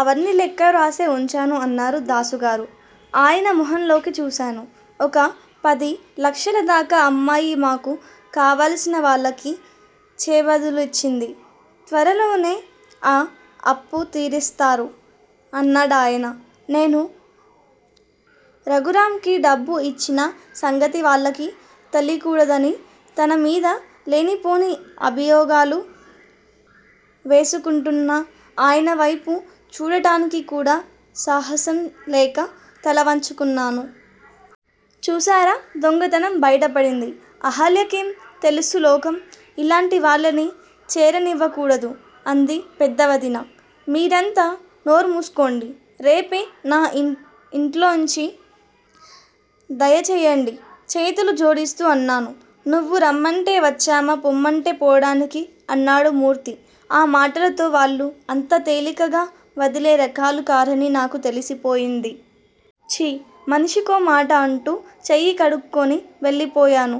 అవన్నీ లెక్క వ్రాసే వుంచాను అన్నారు దాసుగారు. ఆయన మొహంలోకి చూశాను. ఒక పది లక్షలదాకా అమ్మాయి మాకు కావలసినవాళ్ళకి చేబదులిచ్చింది. త్వరలోనే ఆ అప్పూ తీరీస్తారు అన్నాడాయన. నేను రఘురాంకి డబ్బు యిచ్చిన సంగతి వాళ్ళకి తెలీకూడదని తనమీద లేనిపోని అభియోగాలు వేసుకుంటున్న ఆయనవైపు చూడడానికి కూడా సాహసం లేక తలవంచుకున్నాను. చూశారా దొంగతనం బయటపడింది. అహల్యకేం తెలుసు లోకం? ఇలాంటివాళ్ళని చేరనివ్వకూడదు అంది పెద్ద వదిన. మీరంతా నోర్మూసుకోండి. రేపే నా ఇంట్లోంచి దయచెయ్యండి చేతులు జోడిస్తూ అన్నాను. నువ్వు రమ్మంటే వచ్చామా పొమ్మంటే పోడానికి? అన్నాడు మూర్తి. ఆ మాటతో వాళ్ళు అంత తేలికగా వదిలే రకాలు కారని నాకు తెలిసిపోయింది. ఛీ! మనిషికోమాట అంటూ చెయ్యి కడుక్కుని వెళ్ళిపోయాను.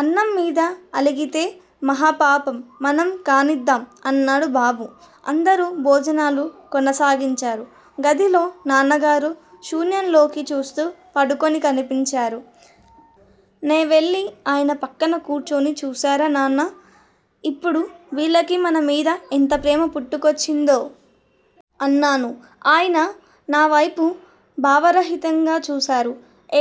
అన్నం మీద అలిగితే మహాపాపం మనం కానిద్దాం అన్నాడు బాబు. అందరూ భోజనాలు కొనసాగించారు. గదిలో నాన్నగారు శూన్యంలోకి చూస్తూ పడుకుని కనిపించారు. నేవెళ్ళి ఆయన పక్కన కూర్చుని చూశారా నాన్నా? ఇప్పుడు వీళ్ళకి మన మీద ఎంత ప్రేమ పుట్టుకొచ్చిందో? అన్నాను. ఆయన నావైపు భావరహితంగా చూశారు.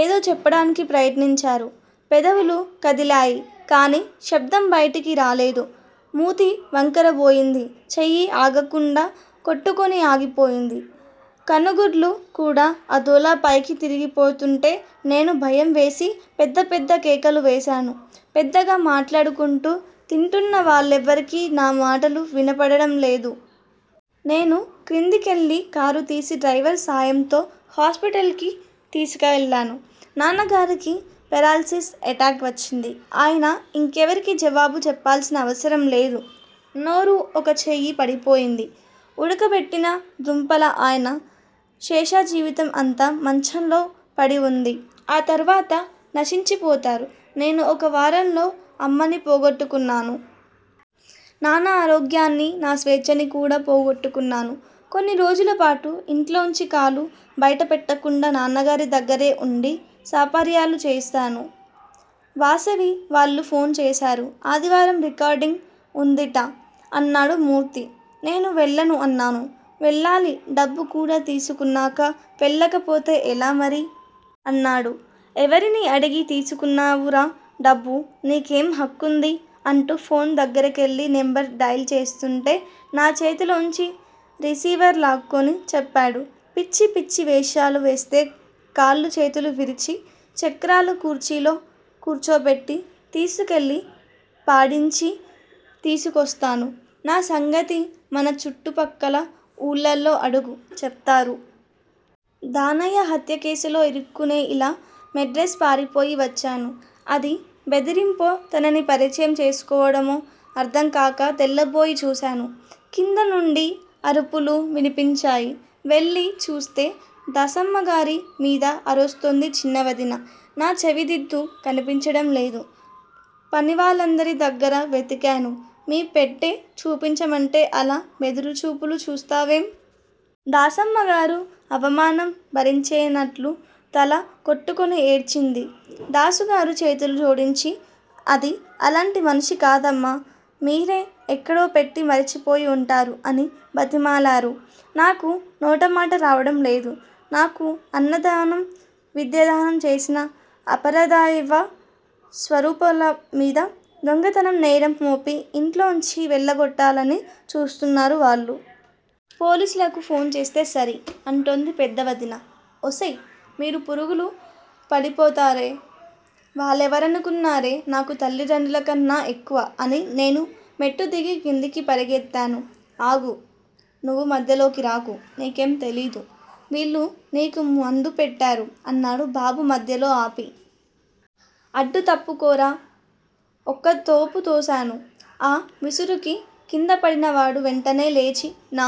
ఏదో చెప్పడానికి ప్రయత్నించారు. పెదవులూ కదిలాయి. కానీ శబ్దం బయటికి రాలేదు. మూతి వంకరబోయింది. చెయ్యి ఆగకుండా కొట్టుకుని ఆగిపోయింది. కనుగుడ్లు కూడా అదోలా పైకి తిరిగిపోతుంటే నేను భయం వేసి పెద్ద పెద్ద కేకలు వేశాను. పెద్దగా మాట్లాడుకుంటూ తింటున్న వాళ్ళెవ్వరికీ నా మాటలు వినపడంలేదు. నేను క్రిందకెళ్ళి కారుతీసి డ్రైవరు సాయంతో హాస్పిటల్ కి తీసుకెళ్ళాను. నాన్నగారికి పెరాల్సిస్ ఎటాక్ వచ్చింది. ఆయన ఇంకెవరికీ జవాబులు చెప్పాల్సిన అవసరంలేదు. నోరూ, ఒక చెయ్యీ పడిపోయింది. ఉడకబెట్టిన దుంపలా ఆయన శేషజీవితం అంతా మంచంలో పడివుంది ఆ తర్వాత నశించిపోతారు. నేను ఒక్క వారంలో అమ్మని పోగొట్టుకున్నాను. నాన్న ఆరోగ్యాన్నీ, నా స్వేచ్చనీ కూడా పోగొట్టుకున్నాను. కొన్ని రోజులపాటు ఇంట్లోంచి కాలు బయటపెట్టకుండా నాన్నగారి దగ్గరే వుండి సపర్యలు చేశాను. వాసవి వాళ్ళు ఫోన్ చేశారు. ఆదివారం రికార్డింగ్ వుందిట అన్నాడు మూర్తి. నేను వెళ్ళను అన్నాను. వెళ్ళాలి డబ్బు కూడా తీసుకున్నాకా వెళ్ళకపోతే ఎలా మరి? అన్నాడు. ఎవరిని అడిగి తీసుకున్నావురా డబ్బు? నీకేం హక్కుంది? అంటూ ఫోన్ దగ్గరకెళ్ళి నెంబర్ డైల్ చేస్తుంటే నా చేతిలోంచి రిసీవర్ లాక్కుని చెప్పాడు. పిచ్చి పిచ్చి వేషాలువేస్తే కాళ్ళూ చేతులూ విరిచి, చక్రాల కుర్చీలో కూర్చోపెట్టి తీసుకెళ్ళి పాడించి తీసుకొస్తాను. నా సంగతి మన చుట్టుప్రక్కల వూళ్ళల్లో అడుగు చెప్తారు. దానయ్య హత్యకేసులో ఇరుక్కునే ఇలా మెడ్రాసు పారిపోయి వచ్చాను. అది బెదిరింపొ, తనని పరిచయం చేసుకోడమో అర్ధంకాక తెల్లబోయి చూశాను. కింద నుండి అరుపులు వినిపించాయి. వెళ్ళి చూస్తే దాసమ్మగారి మీద అరుస్తోంది చిన్నవదిన. నా చెవిదిద్దు కనిపించడంలేదు. పనివాళ్ళందరి దగ్గరా వెతికాను. మీ పెట్టె చూపించమంటే అలా బెదురుచూపులు చూస్తావేం? దాసమ్మగారు అవమానం భరించలేనట్లు తల కొట్టుకుని ఏడ్చింది. దాసుగారు చేతులు జోడించి అది అలాంటి మనిషి కాదమ్మా! మీరే ఎక్కడో పెట్టి మరిచిపోయి వుంటారు అని బతిమాలారు. నాకు నోటమాట రావడంలేదు. నాకు అన్నదానం, విద్యాదానం చేసిన అపరదైవ స్వరూపాలమీద దొంగతనం నేరం మోపి యింట్లోంచి వెళ్ళగొట్టాలని చూస్తున్నారు వాళ్ళు. పోలీసులకి ఫోన్ చేస్తే సరి! అంటోంది పెద్ద వదిన. ఒసేయ్ మీరు పురుగులు పడిపోతారే వాళ్ళెవరనుకున్నారే? నాకు తల్లిదండ్రులకన్నా ఎక్కువ అని నేను మెట్లుదిగి కిందకి పరిగెత్తాను. ఆగు! నువ్వు మధ్యలోకి రాకు నీకేం తెలీదు. వీళ్ళు నీకు మందు పెట్టారు అన్నాడు బాబు మధ్యలో ఆపి. అడ్డు తప్పుకోరా! ఒక్కతోపు తోశాను. ఆ విసురుకి కిందపడినవాడు వెంటనే లేచి నా